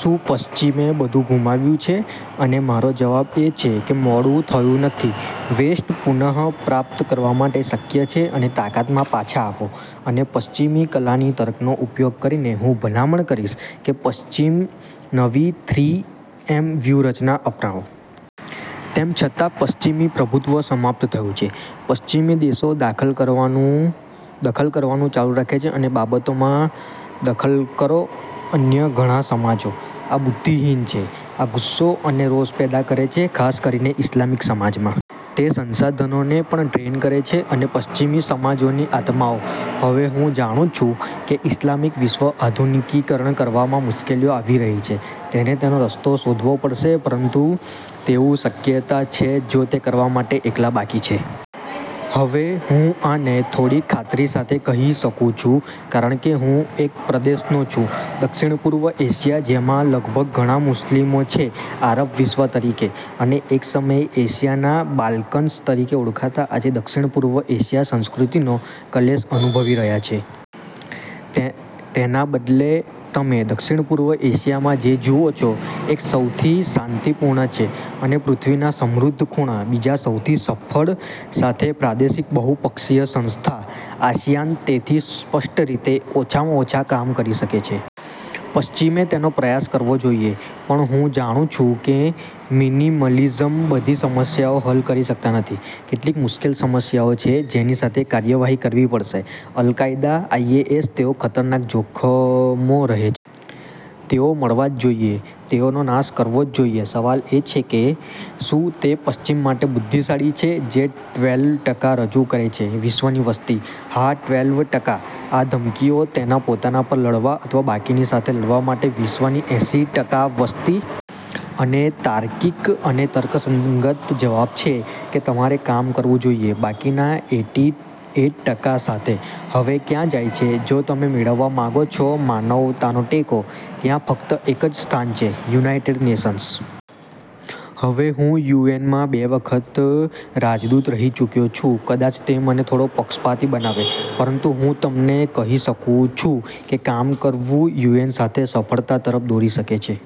શું પશ્ચિમે બધુ ગુમાવ્યું છે? અને મારો જવાબ એ છે કે મોડું થયું નથી. વેસ્ટ પુનઃ પ્રાપ્ત કરવા માટે શક્ય છે અને તાકાતમાં પાછા આવો. અને પશ્ચિમી કલાની તર્કનો ઉપયોગ કરીને હું ભલામણ કરીશ કે પશ્ચિમ નવી "થ્રી-એમ" વ્યૂહરચના અપનાવો. તેમ છતાં પશ્ચિમી પ્રભુત્વ સમાપ્ત થયું છે. પશ્ચિમી દેશો દખલ કરવાનું ચાલુ રાખે છે અને બાબતોમાં દખલ કરો અન્ય ઘણા સમાજો. આ બુદ્ધિહીન છે. આ ગુસ્સો અને રોષ પેદા કરે છે ખાસ કરીને ઇસ્લામિક સમાજમાં. તે સંસાધનોને પણ ડ્રેઇન કરે છે અને પશ્ચિમી સમાજોની આત્માઓ. હવે હું જાણું છું કે ઇસ્લામિક વિશ્વ આધુનિકીકરણ કરવામાં મુશ્કેલીઓ આવી રહી છે. તેને તેનો રસ્તો શોધવો પડશે પરંતુ તેવું શક્યતા છે જો તે કરવા માટે એકલા બાકી છે. હવે હું આને થોડીક ખાતરી સાથે કહી શકું છું કારણ કે હું એક પ્રદેશનો છું દક્ષિણપૂર્વ એશિયા જેમાં લગભગ ઘણા મુસ્લિમો છે આરબ વિશ્વ તરીકે. અને એક સમયે એશિયાના "બાલ્કન્સ" તરીકે ઓળખાતા આજે દક્ષિણપૂર્વ એશિયા સંસ્કૃતિનો ક્લેશ અનુભવી રહ્યા છો. તેના બદલે તમે દક્ષિણપૂર્વ એશિયામાં જે જુઓ છો એક સૌથી શાંતિપૂર્ણ છે અને પૃથ્વીના સમૃદ્ધ ખૂણા બીજા સૌથી સફળ સાથે પ્રાદેશિક બહુપક્ષીય સંસ્થા, આસિયાન તેથી સ્પષ્ટ રીતે, ઓછામાં ઓછા કામ કરી શકે છે. પશ્ચિમે તેનો પ્રયાસ કરવો જોઈએ. પણ હું જાણું છું કે મિનિમલિઝમ બધી સમસ્યાઓ હલ કરી શકતા નથી. કેટલીક મુશ્કેલ સમસ્યાઓ છે જેની સાથે કાર્યવાહી કરવી પડશે, અલ કાયદા, આઈએસઆઈએસ તેઓ ખતરનાક જોખમો રહે છે. તેઓ મળવા જ જોઈએ. તેઓનો નાશ કરવો જ જોઇએ. સવાલ એ છે કે, "શું તે પશ્ચિમ માટે બુદ્ધિશાળી છે જે ટ્વેલ્વ ટકા રજૂ કરે છે વિશ્વની વસ્તી?" હા, ટ્વેલ્વ ટકા આ ધમકીઓ તેના પોતાના પર લડવા અથવા બાકીની સાથે લડવા માટે વિશ્વની એઈટી એઈટ ટકા વસ્તી? અને તાર્કિક અને તર્કસંગત જવાબ છે કે તમારે કામ કરવું જોઈએ બાકીના એઈટી એઈટ ટકા સાથે. હવે ક્યાં જાય છે જો તમે મેળવવા માંગો છો માનવતાનો ટેકો? ત્યાં ફક્ત એક જ સ્થાન છે, "યુનાઇટેડ નેશન્સ". હવે, હું યુએનમાં બે વખત રાજદૂત રહી ચૂક્યો છું. કદાચ તે મને થોડો પક્ષપાતી બનાવે પરંતુ હું તમને કહી શકું છું કે કામ કરવું યુએન સાથે સફળતા તરફ દોરી શકે છે.